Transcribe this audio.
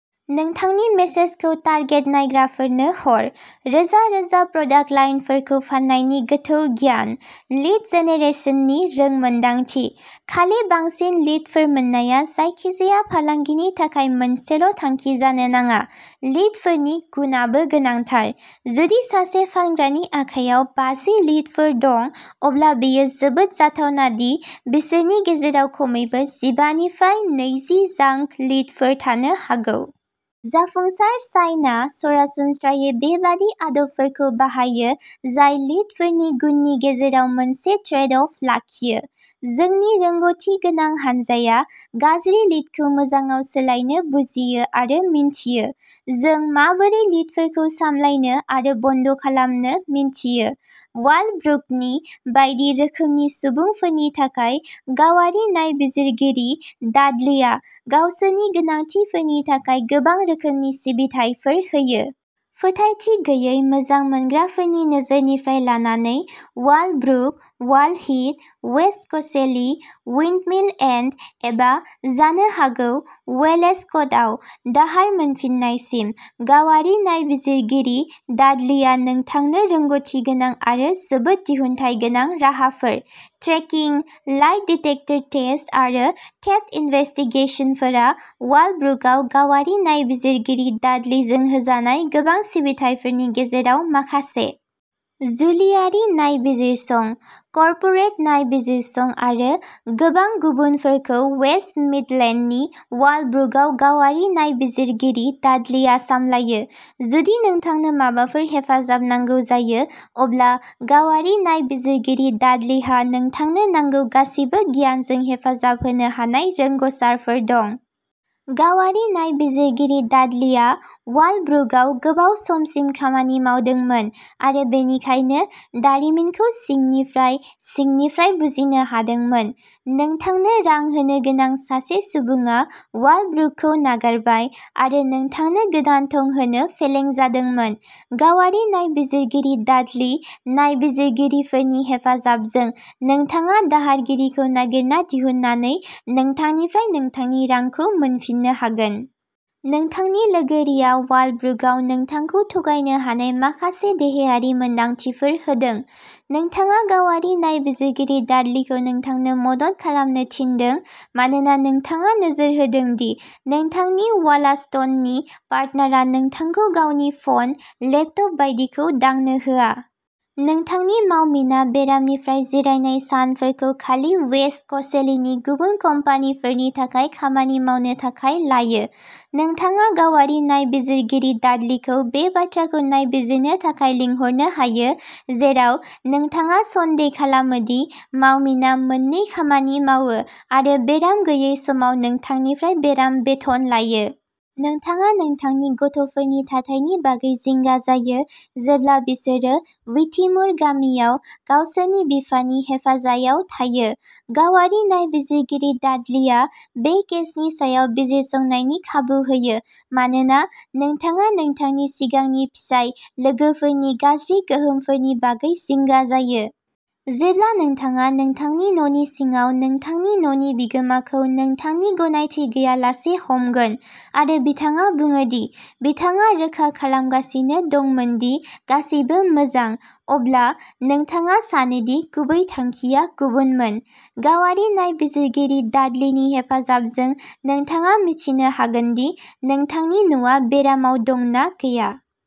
नोंथांनि मेसेजखौ टारगेट नायग्राफोरनो हर। रोजा रोजा प्रडाक्ट लाइनफोरखौ फान्नायनि गोथौ गियान। लीड जेनेरेसननि रोंमोनदांथि। खालि बांसिन लीडफोर मोननाया जायखिजाया फालांगिनि थाखाय मोनसेल'थांखि जानो नाङा। लीडफोरनि गुनआबो गोनांथार। जुदि सासे फानग्रानि आखायाव बाजि लीडफोर दं, अब्ला बेयो जोबोद जाथावना दि बिसोरनि गेजेराव खमैबो जिबा निफाय नैजि जांक लीडफोर थानो हागौ। जाफुंसार साइनआ सरासनस्रायै बेबादि आदबफोरखौ बाहायो जाय लीडफोरनि गुननि गेजेराव मोनसे ट्रेडअफ लाखियो। जोंनि रोंग'थि गोनां हानजाया गाज्रि लीडखौ मोजांआव सोलायनो बुजियो आरो मिन्थियो। जों माबोरै लीडफोरखौ सामलायनो आरो बन्द खालामनो मिन्थियो। वालब्रुकनि बायदि रोखोमनि सुबुंफोरनि थाखाय, गावारि नायबिजिरगिरि डाडलीआ गावसोरनि गोनांथिफोरनि थाखाय गोबां रोखोमनि सिबिथाइफोर होयो। फोथायथि गैयै मोजां मोनग्राफोरनि नोजोरनिफ्राय लानानै वालब्रुक, वाल हीथ, वेस्ट कसेली, उइन्डमिल एन्ड एबा जानो हागौ व'लेस्क'टआव दाहार मोनफिन्नायसिम, गावारि नायबिजिरगिरि डाडलीआ नोंथांनो रोंग'थि गोनां आरो जोबोद दिहुनथायगोनां राहाफोर। ट्रेकिं, लाइ डिटेक्टर टेस्ट आरो थेफ्ट इनभेस्टिगेसनफोरा वालब्रुकआव गावारि नायबिजिरगिरि डाडलीजों होजानाय गोबां सिबिथाइफोरनि गेजेराव माखासे। जुलिआरि नायबिजिरसं, कर्परेट नायबिजिरसं आरो गोबां गुबुनफोरखौ वेस्ट मिडलेन्डनि वालब्रुकआव गावारि नायबिजिरगिरि डाडलीआ सामलायो। जुदि नोंथांनो माबाफोर हेफाजाब नांगौ जायो, अब्ला गावारि नायबिजिरगिरि डाडलीहा नोंथांनो नांगौ गासिबो गियानजों हेफाजाब होनो हानाय रोंग'सारफोर दं। गावारि नायबिजिरगिरि डाडलीआ वालब्रुकआव गोबाव समसिम खामानि मावदोंमोन आरो बेनिखायनो दारिमिनखौ सिंनिफ्राय सिंनिफ्राय बुजिनो हादोंमोन। नोंथांनो रां होनोगोनां सासे सुबुङा वालब्रुकखौ नागारबाय आरो नोंथांनो गोदान थं होनो फेलें जादोंमोन। गावारि नायबिजिरगिरि डाडली नायबिजिरगिरिफोरनि हेफाजाबजों, नोंथाङा दाहारगिरिखौ नागिरना दिहुननानै नोंथांनिफ्राय नोंथांनि रांखौ मोनफिननो हागोन। नोंथांनि लोगोरिआ वालब्रुकआव नोंथांखौ थगायनो हानाय माखासे देहायारि मोनदांथिफोर होदों। नोंथाङा गावारि नायबिजिरगिरि डाडलीखौ नोंथांनो मदद खालामनो थिनदों मानोना नोंथाङा नोजोर होदों दि नोंथांनि व'लास्टननि पार्टनारआ नोंथांखौ गावनि फ'न, लेपटप बायदिखौ दांनो होआ। नोंथांनि मावमिना बेरामनिफ्राय जिरायनाय सानफोरखौ खालि वेस्ट क'सेलीनि गुबुन कम्पानिफोरनि थाखाय खामानि मावनो थाखाय लायो। नोंथाङा गावारि नायबिजिरगिरि डाडलीखौ बे बाथ्राखौ नायबिजिरनो थाखाय लिंहरनो हायो जेराव नोंथाङा सन्देह खालामो दि मावमिना मोन्नै खामानि मावो आरो बेराम गैयै समाव नोंथांनिफ्राय बेराम बेथन लायो। नोंथाङा नोंथांनि गथ'फोरनि थाथायनि बागै जिंगा जायो जेब्ला बिसोरो विथिमुर गामियाव गावसोरनि बिफानि हेफाजायाव थायो। गावारि नायबिजिरगिरि डाडलीआ बे केसनि सायाव बिजिरसंनायनि खाबु होयो मानोना नोंथाङा नोंथांनि सिगांनि फिसाय लोगोफोरनि गाज्रि गोहोमफोरनि बागै जिंगा जायो। जेब्ला नोंथाङा नोंथांनि न'नि सिङाव नोंथांनि न'नि बिगोमाखौ नोंथांनि गनायथि गैयालासे हमगोन, आरो बिथाङा बुङो दि बिथाङा रोखा खालामगासिनो दंमोन दि गासैबो मोजां, अब्ला नोंथाङा सानो दि गुबै थांखिया गुबुनमोन। गावारि नायबिजिरगिरि डाडलीनि हेफाजाबजों, नोंथाङा मिथिनो हागोन दि नोंथांनि न'आ बेरामाव दं ना गैया।